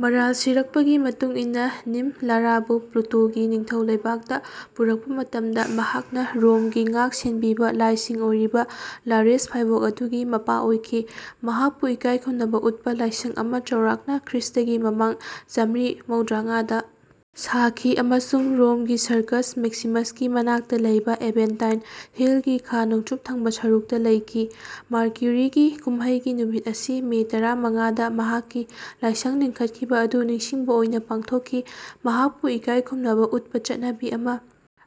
ꯃꯔꯥꯜ ꯁꯤꯔꯛꯄꯒꯤ ꯃꯇꯨꯡ ꯏꯟꯅ ꯅꯤꯝꯐ ꯂꯥꯔꯥꯕꯨ ꯄ꯭ꯂꯨꯇꯣꯒꯤ ꯅꯤꯡꯊꯧ ꯂꯩꯕꯥꯛꯇ ꯄꯨꯔꯛꯄ ꯃꯇꯝꯗ ꯃꯍꯥꯛꯅ ꯔꯣꯝꯒꯤ ꯉꯥꯛ ꯁꯦꯟꯕꯤꯕ ꯂꯥꯏꯁꯤꯡ ꯑꯣꯏꯔꯤꯕ ꯂꯥꯔꯦꯁ ꯐꯥꯏꯕꯣꯛ ꯑꯗꯨꯒꯤ ꯃꯄꯥ ꯑꯣꯏꯈꯤ꯫ ꯃꯍꯥꯛꯄꯨ ꯏꯀꯥꯏ ꯈꯨꯝꯅꯕ ꯎꯠꯄ ꯂꯥꯏꯁꯪ ꯑꯃ ꯆꯥꯎꯔꯥꯛꯅ ꯈ꯭ꯔꯤꯁ꯭ꯇꯒꯤ ꯃꯃꯥꯡ ꯆꯥꯃ꯭ꯔꯤ ꯃꯧꯗ꯭ꯔꯥꯉꯥꯗ ꯁꯥꯈꯤ ꯑꯃꯁꯨꯡ ꯔꯣꯝꯒꯤ ꯁꯔꯀꯁ ꯃꯦꯛꯁꯤꯃꯁꯀꯤ ꯃꯅꯥꯛꯇ ꯂꯩꯕ ꯑꯦꯚꯦꯟꯇꯥꯏꯟ ꯍꯤꯜꯒꯤ ꯈꯥ ꯅꯣꯡꯆꯨꯞ ꯊꯪꯕ ꯁꯔꯨꯛꯇ ꯂꯩꯈꯤ꯫ ꯃꯥꯔꯀ꯭ꯌꯨꯔꯤꯒꯤ ꯀꯨꯝꯍꯩꯒꯤ ꯅꯨꯃꯤꯠ ꯑꯁꯤ ꯃꯦ ꯇꯔꯥꯃꯉꯥꯗ ꯃꯍꯥꯛꯀꯤ ꯂꯥꯏꯁꯪ ꯂꯤꯡꯈꯠꯈꯤꯕ ꯑꯗꯨ ꯅꯤꯡꯁꯤꯡꯕ ꯑꯣꯏꯅ ꯄꯥꯡꯊꯣꯛꯈꯤ꯫ ꯃꯍꯥꯛꯄꯨ ꯏꯀꯥꯏ ꯈꯨꯝꯅꯕ ꯎꯠꯄ ꯆꯠꯅꯕꯤ ꯑꯃ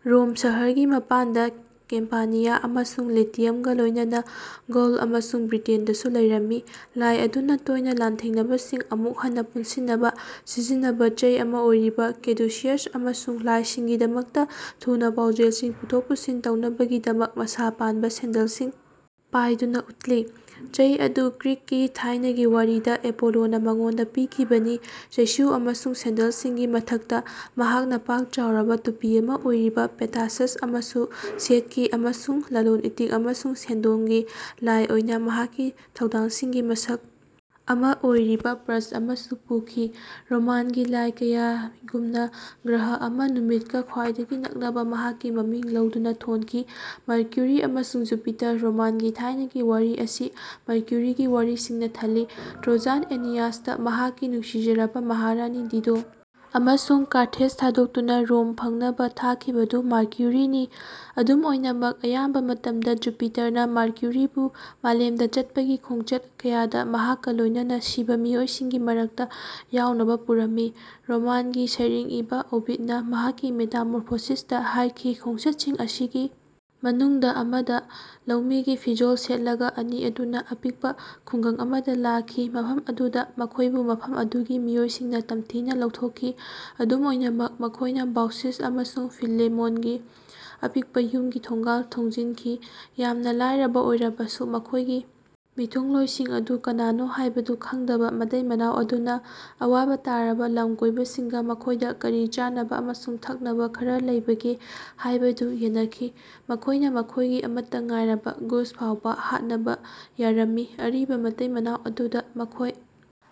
ꯔꯣꯝ ꯁꯍꯔꯒꯤ ꯃꯄꯥꯟꯗ ꯀꯦꯝꯄꯥꯅꯤꯌꯥ ꯑꯃꯁꯨꯡ ꯂꯦꯇꯤꯌꯝꯒ ꯂꯣꯏꯅꯅ ꯒꯧꯜ ꯑꯃꯁꯨꯡ ꯕ꯭ꯔꯤꯇꯦꯟꯗꯁꯨ ꯂꯩꯔꯝꯃꯤ꯫ ꯂꯥꯏ ꯑꯗꯨꯅ ꯇꯣꯏꯅ ꯂꯥꯟꯊꯦꯡꯅꯕꯁꯤꯡ ꯑꯃꯨꯛ ꯍꯟꯅ ꯄꯨꯟꯁꯤꯟꯅꯕ ꯁꯤꯖꯤꯟꯅꯕ ꯆꯩ ꯑꯃ ꯑꯣꯏꯔꯤꯕ ꯀꯦꯗꯨꯁꯤꯌꯁ ꯑꯃꯁꯨꯡ ꯂꯥꯏꯁꯤꯡꯒꯤꯗꯃꯛꯇ ꯊꯨꯅ ꯄꯥꯎꯖꯦꯜꯁꯤꯡ ꯄꯨꯊꯣꯛ ꯄꯨꯁꯤꯟ ꯇꯧꯅꯕꯒꯤꯗꯃꯛ ꯃꯁꯥ ꯄꯥꯟꯕ ꯁꯦꯟꯗꯜꯁꯤꯡ ꯄꯥꯏꯗꯨꯅ ꯎꯠꯂꯤ꯫ ꯆꯩ ꯑꯗꯨ ꯒ꯭ꯔꯤꯛꯀꯤ ꯊꯥꯏꯅꯒꯤ ꯋꯥꯔꯤꯗ ꯑꯦꯄꯣꯂꯣꯅ ꯃꯉꯣꯟꯗ ꯄꯤꯈꯤꯕꯅꯤ꯫ ꯆꯩꯁꯨ ꯑꯃꯁꯨꯡ ꯁꯦꯟꯗꯜꯁꯤꯡꯒꯤ ꯃꯊꯛꯇ ꯃꯍꯥꯛꯅ ꯄꯥꯛ ꯆꯥꯎꯔꯕ ꯇꯨꯄꯤ ꯑꯃ ꯑꯣꯏꯔꯤꯕ ꯄꯦꯇꯥꯁꯁ ꯑꯃꯁꯨ ꯁꯦꯠꯈꯤ ꯑꯃꯁꯨꯡ ꯂꯂꯣꯟ ꯏꯇꯤꯛ ꯑꯃꯁꯨꯡ ꯁꯦꯟꯗꯣꯡꯒꯤ ꯂꯥꯏ ꯑꯣꯏꯅ ꯃꯍꯥꯛꯀꯤ ꯊꯧꯗꯥꯡꯁꯤꯡꯒꯤ ꯃꯁꯛ ꯑꯃ ꯑꯣꯏꯔꯤꯕ ꯄꯔ꯭ꯁ ꯑꯃꯁꯨ ꯄꯨꯈꯤ꯫ ꯔꯣꯃꯥꯟꯒꯤ ꯂꯥꯏ ꯀꯌꯥꯒꯨꯝꯅ ꯒ꯭ꯔꯍ ꯑꯃ ꯅꯨꯃꯤꯠꯀ ꯈ꯭ꯋꯥꯏꯗꯒꯤ ꯅꯛꯅꯕ ꯃꯍꯥꯛꯀꯤ ꯃꯃꯤꯡ ꯂꯧꯗꯨꯅ ꯊꯣꯟꯈꯤ꯫ ꯃꯔꯀ꯭ꯌꯨꯔꯤ ꯑꯃꯁꯨꯡ ꯖꯨꯄꯤꯇꯔ ꯔꯣꯃꯥꯟꯒꯤ ꯊꯥꯏꯅꯒꯤ ꯋꯥꯔꯤ ꯑꯁꯤ ꯃꯔꯀ꯭ꯌꯨꯔꯤꯒꯤ ꯋꯥꯔꯤꯁꯤꯡꯅ ꯊꯜꯂꯤ꯫ ꯇ꯭ꯔꯣꯖꯥꯟ ꯑꯦꯅꯤꯌꯥꯁꯇ ꯃꯍꯥꯛꯀꯤ ꯅꯨꯡꯁꯤꯖꯔꯕ ꯃꯍꯥꯔꯥꯅꯤ ꯗꯤꯗꯣ ꯑꯃꯁꯨꯡ ꯀꯥꯔꯊꯦꯖ ꯊꯥꯗꯣꯛꯇꯨꯅ ꯔꯣꯝ ꯐꯪꯅꯕ ꯊꯥꯈꯤꯕꯗꯨ ꯃꯥꯔꯀ꯭ꯌꯨꯔꯤꯅꯤ꯫ ꯑꯗꯨꯝ ꯑꯣꯏꯅꯃꯛ ꯑꯌꯥꯝꯕ ꯃꯇꯝꯗ ꯖꯨꯄꯤꯇꯔꯅ ꯃꯥꯔꯀ꯭ꯌꯨꯔꯤꯕꯨ ꯃꯥꯂꯦꯝꯗ ꯆꯠꯄꯒꯤ ꯈꯣꯡꯆꯠ ꯀꯌꯥꯗ ꯃꯍꯥꯛꯀ ꯂꯣꯏꯅꯅ ꯁꯤꯕ ꯃꯤꯑꯣꯏꯁꯤꯡꯒꯤ ꯃꯔꯛꯇ ꯌꯥꯎꯅꯕ ꯄꯨꯔꯝꯃꯤ꯫ ꯔꯣꯃꯥꯟꯒꯤ ꯁꯩꯔꯦꯡ ꯏꯕ ꯑꯣꯕꯤꯗꯅ ꯃꯍꯥꯛꯀꯤ ꯃꯦꯇꯥꯃꯣꯔꯐꯣꯁꯤꯁꯇ ꯍꯥꯏꯈꯤ ꯈꯣꯡꯆꯠꯁꯤꯡ ꯑꯁꯤꯒꯤ ꯃꯅꯨꯡꯗ ꯑꯃꯗ ꯂꯧꯃꯤꯒꯤ ꯐꯤꯖꯣꯜ ꯁꯦꯠꯂꯒ ꯑꯅꯤ ꯑꯗꯨꯅ ꯑꯄꯤꯛꯄ ꯈꯨꯡꯒꯪ ꯑꯃꯗ ꯂꯥꯛꯈꯤ ꯃꯐꯝ ꯑꯗꯨꯗ ꯃꯈꯣꯏꯕꯨ ꯃꯐꯝ ꯑꯗꯨꯒꯤ ꯃꯤꯑꯣꯏꯁꯤꯡꯅ ꯇꯝꯊꯤꯅ ꯂꯧꯊꯣꯛꯈꯤ꯫ ꯑꯗꯨꯝ ꯑꯣꯏꯅꯃꯛ ꯃꯈꯣꯏꯅ ꯕꯥꯎꯁꯤꯁ ꯑꯃꯁꯨꯡ ꯐꯤꯂꯦꯃꯣꯟꯒꯤ ꯑꯄꯤꯛꯄ ꯌꯨꯝꯒꯤ ꯊꯣꯡꯒꯥꯜ ꯊꯣꯡꯖꯤꯟꯈꯤ꯫ ꯌꯥꯝꯅ ꯂꯥꯏꯔꯕ ꯑꯣꯏꯔꯕꯁꯨ ꯃꯈꯣꯏꯒꯤ ꯃꯤꯊꯨꯡꯂꯣꯏꯁꯤꯡ ꯑꯗꯨ ꯀꯅꯥꯅꯣ ꯍꯥꯏꯕꯗꯨ ꯈꯪꯗꯕ ꯃꯇꯩ ꯃꯅꯥꯎ ꯑꯗꯨꯅ ꯑꯋꯥꯕ ꯇꯥꯔꯕ ꯂꯝꯀꯣꯏꯕꯁꯤꯡꯒ ꯃꯈꯣꯏꯗ ꯀꯔꯤ ꯆꯥꯅꯕ ꯑꯃꯁꯨꯡ ꯊꯛꯅꯕ ꯈꯔ ꯂꯩꯕꯒꯦ ꯍꯥꯏꯕꯗꯨ ꯌꯦꯟꯅꯈꯤ꯫ ꯃꯈꯣꯏꯅ ꯃꯈꯣꯏꯒꯤ ꯑꯃꯠꯇ ꯉꯥꯏꯔꯕ ꯒꯨꯁ ꯐꯥꯎꯕ ꯍꯥꯠꯅꯕ ꯌꯥꯔꯝꯃꯤ꯫ ꯑꯔꯤꯕ ꯃꯇꯩ ꯃꯅꯥꯎ ꯑꯗꯨꯗ ꯃꯈꯣꯏ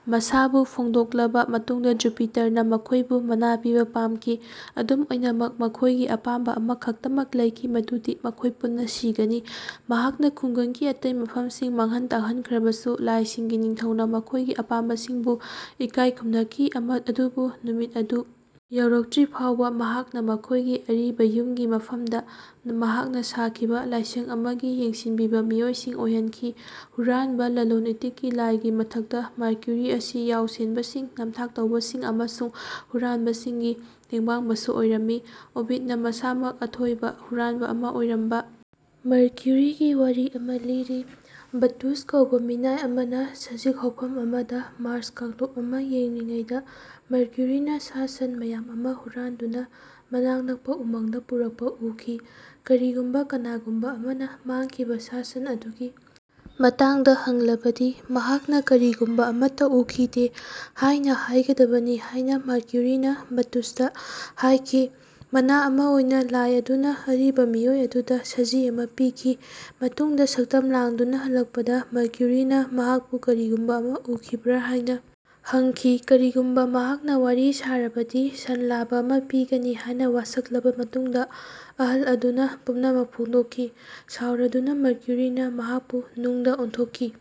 ꯃꯁꯥꯕꯨ ꯐꯣꯡꯗꯣꯛꯂꯕ ꯃꯇꯨꯡꯗ ꯖꯨꯄꯤꯇꯔꯅ ꯃꯈꯣꯏꯕꯨ ꯃꯅꯥ ꯄꯤꯕ ꯄꯥꯝꯈꯤ꯫ ꯑꯗꯨꯝ ꯑꯣꯏꯅꯃꯛ ꯃꯈꯣꯏꯒꯤ ꯑꯄꯥꯝꯕ ꯑꯃꯈꯛꯇꯃꯛ ꯂꯩꯈꯤ ꯃꯗꯨꯗꯤ ꯃꯈꯣꯏ ꯄꯨꯟꯅ ꯁꯤꯒꯅꯤ꯫ ꯃꯍꯥꯛꯅ ꯈꯨꯡꯒꯪꯒꯤ ꯑꯇꯩ ꯃꯐꯝꯁꯤꯡ ꯃꯥꯡꯍꯟ ꯇꯥꯛꯍꯟꯈ꯭ꯔꯕꯁꯨ ꯂꯥꯏꯁꯤꯡꯒꯤ ꯅꯤꯡꯊꯧꯅ ꯃꯈꯣꯏꯒꯤ ꯑꯄꯥꯝꯕꯁꯤꯡꯕꯨ ꯏꯀꯥꯏ ꯈꯨꯝꯅꯈꯤ ꯑꯗꯨꯕꯨ ꯅꯨꯃꯤꯠ ꯑꯗꯨ ꯌꯧꯔꯛꯇ꯭ꯔꯤꯐꯥꯎꯕ ꯃꯍꯥꯛꯅ ꯃꯈꯣꯏꯒꯤ ꯑꯔꯤꯕ ꯌꯨꯝꯒꯤ ꯃꯐꯝꯗ ꯃꯍꯥꯛꯅ ꯁꯥꯈꯤꯕ ꯂꯥꯏꯁꯪ ꯑꯃꯒꯤ ꯌꯦꯡꯁꯤꯟꯕꯤꯕ ꯃꯤꯑꯣꯏꯁꯤꯡ ꯑꯣꯏꯍꯟꯈꯤ꯫ ꯍꯨꯔꯥꯟꯕ ꯂꯂꯣꯟ ꯏꯇꯤꯛꯀꯤ ꯂꯥꯏꯒꯤ ꯃꯊꯛꯇ ꯃꯥꯔꯀ꯭ꯌꯨꯔꯤ ꯑꯁꯤ ꯌꯥꯎꯁꯦꯟꯕꯁꯤꯡ ꯅꯝꯊꯥꯛ ꯇꯧꯕꯁꯤꯡ ꯑꯃꯁꯨꯡ ꯍꯨꯔꯥꯟꯕꯁꯤꯡꯒꯤ ꯇꯦꯡꯕꯥꯡꯕꯁꯨ ꯑꯣꯏꯔꯝꯃꯤ꯫ ꯑꯣꯚꯤꯗꯅ ꯃꯁꯥꯃꯛ ꯑꯊꯣꯏꯕ ꯍꯨꯔꯥꯟꯕ ꯑꯃꯥ ꯑꯣꯏꯔꯝꯕ ꯃꯔꯀ꯭ꯌꯨꯔꯤꯒꯤ ꯋꯥꯔꯤ ꯑꯃ ꯂꯤꯔꯤ꯫ ꯕꯠꯇꯨꯁ ꯀꯧꯕ ꯃꯤꯅꯥꯏ ꯑꯃꯅ ꯁꯖꯤꯛ ꯍꯧꯐꯝ ꯑꯃꯗ ꯃꯥꯔ꯭ꯁ ꯀꯥꯡꯂꯨꯞ ꯑꯃ ꯌꯦꯡꯂꯤꯉꯩꯗ ꯃꯔꯀ꯭ꯌꯨꯔꯤꯅ ꯁꯥ ꯁꯟ ꯃꯌꯥꯝ ꯑꯃ ꯍꯨꯔꯥꯟꯗꯨꯅ ꯃꯅꯥꯛ ꯅꯛꯄ ꯎꯃꯪꯗ ꯄꯨꯔꯛꯄ ꯎꯈꯤ꯫ ꯀꯔꯤꯒꯨꯝꯕ ꯀꯅꯥꯒꯨꯝꯕ ꯑꯃꯅ ꯃꯥꯡꯈꯤꯕ ꯁꯥ ꯁꯟ ꯑꯗꯨꯒꯤ ꯃꯇꯥꯡꯗ ꯍꯪꯂꯕꯗꯤ ꯃꯍꯥꯛꯅ ꯀꯔꯤꯒꯨꯝꯕ ꯑꯃꯠꯇ ꯎꯈꯤꯗꯦ ꯍꯥꯏꯅ ꯍꯥꯏꯒꯗꯕꯅꯤ ꯍꯥꯏꯅ ꯃꯥꯔꯀ꯭ꯌꯨꯔꯤꯅ ꯕꯠꯇꯨꯁꯇ ꯍꯥꯏꯈꯤ꯫ ꯃꯅꯥ ꯑꯃ ꯑꯣꯏꯅ ꯂꯥꯏ ꯑꯗꯨꯅ ꯑꯔꯤꯕ ꯃꯤꯑꯣꯏ ꯑꯗꯨꯗ ꯁꯖꯤ ꯑꯃ ꯄꯤꯈꯤ꯫ ꯃꯇꯨꯡꯗ ꯁꯛꯇꯝ ꯂꯥꯡꯗꯨꯅ ꯍꯜꯂꯛꯄꯗ ꯃꯔꯀ꯭ꯌꯨꯔꯤꯅ ꯃꯍꯥꯛꯄꯨ ꯀꯔꯤꯒꯨꯝꯕ ꯑꯃ ꯎꯈꯤꯕ꯭ꯔꯥ ꯍꯥꯏꯅ ꯍꯪꯈꯤ꯫ ꯀꯔꯤꯒꯨꯝꯕ ꯃꯍꯥꯛꯅ ꯋꯥꯔꯤ ꯁꯥꯔꯕꯗꯤ ꯁꯟ ꯂꯥꯕ ꯑꯃ ꯄꯤꯒꯅꯤ ꯍꯥꯏꯅ ꯋꯥꯁꯛꯂꯕ ꯃꯇꯨꯡꯗ ꯑꯍꯜ ꯑꯗꯨꯅ ꯄꯨꯝꯅꯃꯛ ꯐꯣꯡꯗꯣꯛꯈꯤ꯫ ꯁꯥꯎꯔꯗꯨꯅ ꯃꯔꯀ꯭ꯌꯨꯔꯤꯅ ꯃꯍꯥꯛꯄꯨ ꯅꯨꯡꯗ ꯑꯣꯟꯊꯣꯛꯈꯤ꯫